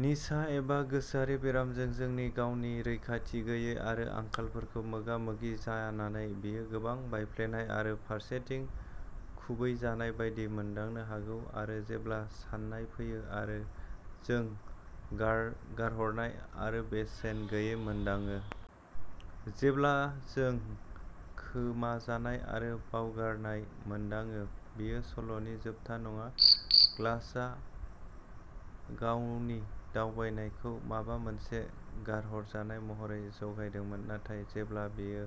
निसा एबा गोसोआरि बेरामजों जोंनि गावनि रैखाथि गैयै आरो आंखालफोरखौ मोगा मोगि जानानै बेयो गोबां बायफ्लेनाय आरो फारसेथिं खुबैजानाय बायदि मोनदांनो हागौ आरो जेब्ला सानाय फैयो आरो जों गार-गारहरनाय आरो बेसेन गैयै मोनदाङो जेब्ला जों खोमाजानाय आरो बावगारनाय मोनदाङो बेयो सल'नि जोबथा नङा ग्लासआ गावनि दावबायनायखौ माबा मोनसे गारहरजानाय महरै जागायदोंमोन नाथाय जेब्ला बेयो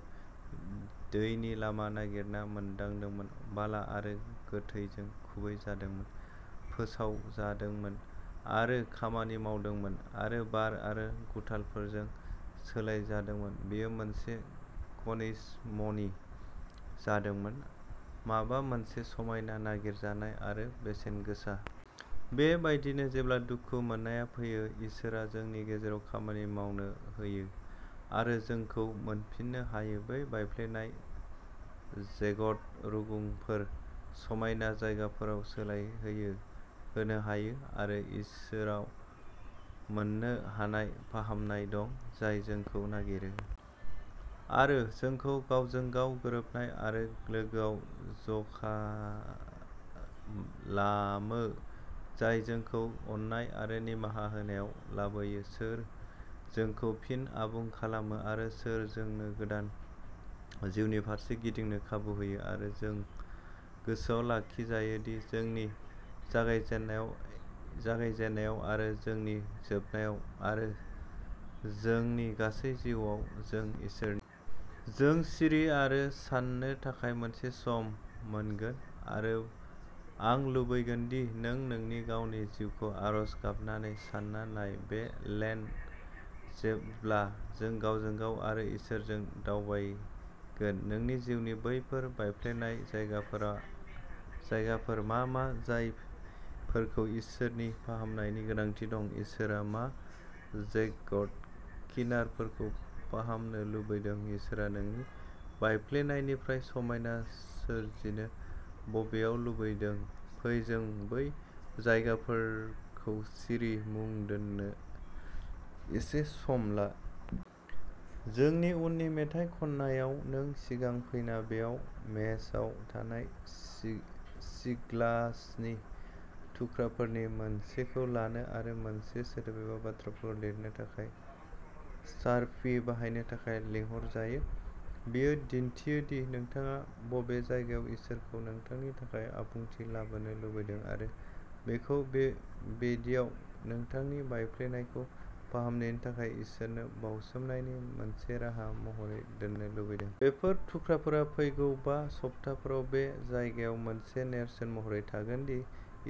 दैनि लामा नागिरना मोनदोंमोन बाला आरो लैथोजों खुबैजादोंमोन फोसाबजादोंमोन आरो खामानि मावदोंमोन आरो बार आरो गुथालफोरजों सोलायजादोंमोन बेयो मोनसे खनिज मणि जादोंमोन माबा मोनसे समायना, नागिरजानाय आरो बेसेनगोसा। बे बायदिनो जेब्ला दुखु मोननाया फैयो इसोरआ जोंनि गेजेराव खामानि मावनो हायो आरो जोंखौ मोनफिननो हायो बै बायफ्लेनाय जेग्ड रुगुंफोरखौ समायना जायगाफोराव सोलायहोनो हायो आरो इसोराव मोननो हानाय फाहामनाय दं जाय जोंखौ नागिरो आरो जोंखौ गावजों गाव गोरोबनाय आरो लोगोयाव ज'खालामो जाय जोंखौ अननाय आरो निमाहा होनायाव लाबोयो सोर जोंखौ फिन आबुं खालामो आरो सोर जोंनो गोदान जिउनि फारसे गिदिंनो खाबु होयो आरो जों गोसोआव लाखिजायो दि जोंनि जागायजेननायाव जागायजेन्नायाव आरो जोंनि जोबनायाव आरो जोंनि गासै जिउआव-जों इसोर। जों सिरि आरो सान्नो थाखाय मोनसे सम मोनगोन आरो आं लुबैगोन दि नों नोंनि गावनि जिउखौ आरज गाबनानै सान्ना नाय। बे लेन्ट जेब्ला जों गावजों गाव आरो इसोरजों दावबायगोन नोंनि जिउनि बैफोर बायफ्लेनाय जायगाफोरा जायगाफोर मा मा जायफोरखौ इसोरनि फाहामनायनि गोनांथि दं इसोरआ मा जेग्ड किनारफोरखौ फाहामनो लुबैदों इसोरआ नोंनि बायफ्लेनायनिफ्राय समायना सोरजिनो बबेयाव लुबैदों फै जों बै जायगाफोरखौ सिरि मुं दोन्नो एसे सम ला। जोंनि उननि मेथाइ खननायाव नों सिगां फैना बेयाव मेजआव थानाय सि-सिग्लासनि थुख्राफोरनि मोनसेखौ लानो आरो मोनसे सोदोब एबा बाथ्राफोरखौ लिरनो थाखाय शार्पि बाहायनो थाखाय लिंहरजायो। बेयो दिन्थियो दि नोंथाङा बबे जायगायाव इसोरखौ नोंथांनि थाखाय आबुंथि लाबोनो लुबैदों आरो बेखौ बे बेदियाव नोंथांनि बायफ्लेनायखौ फाहामनायनि थाखाय इसोरनो बावसोमनायनि मोनसे राहा महरै दोननो लुबैदों। बेफोर थुख्राफोरा फैगौ बा सप्ताफोराव बे जायगायाव मोनसे नेरसोन महरै थागोन दि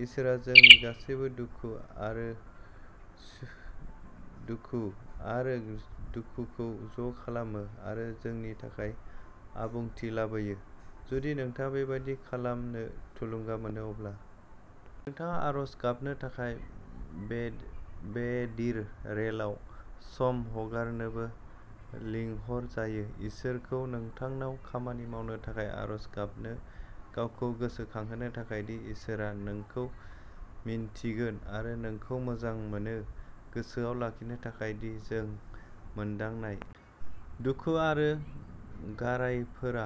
इसोरआ जोंनि गासैबो दुखु आरो दुखु आरो दुखुखौ ज'खालामो आरो जोंनि थाखाय आबुंथि लाबोयो। जुदि नोंथाङा बेबादि खालामनो थुलुंगा मोनो अब्ला नोंथाङा आरज गाबनो थाखाय बे-बेदिर रेलआव सम हगारनोबो लिंहरजायो इसोरखौ नोंथांनाव खामानि मावनो थाखाय आरज गाबनो गावखौ गोसोखांहोनो थाखाय दि इसोरआ नोंखौ मिन्थिगोन आरो नोंखौ मोजां मोनो गोसोआव लाखिनो थाखाय दि जों मोनदांनाय दुखु आरो गारायफोरा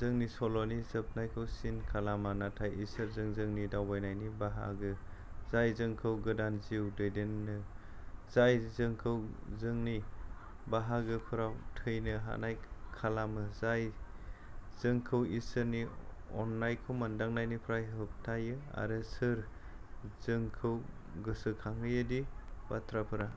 जोंनि सल'नि जोबनायखौ सिन खालामा नाथाय इसोरजों जोंनि दावबायनायनि बाहागो जाय जोंखौ गोदान जिउआव दैदेनो जाय जोंखौ जोंनि बाहागोफोराव थैनो हानाय खालामो जाय जोंखौ इसोरनि अननायखौ मोनदांनायनिफ्राय होबथायो आरो सोर जोंखौ गोसोखांहोयो दि बाथ्राफोरा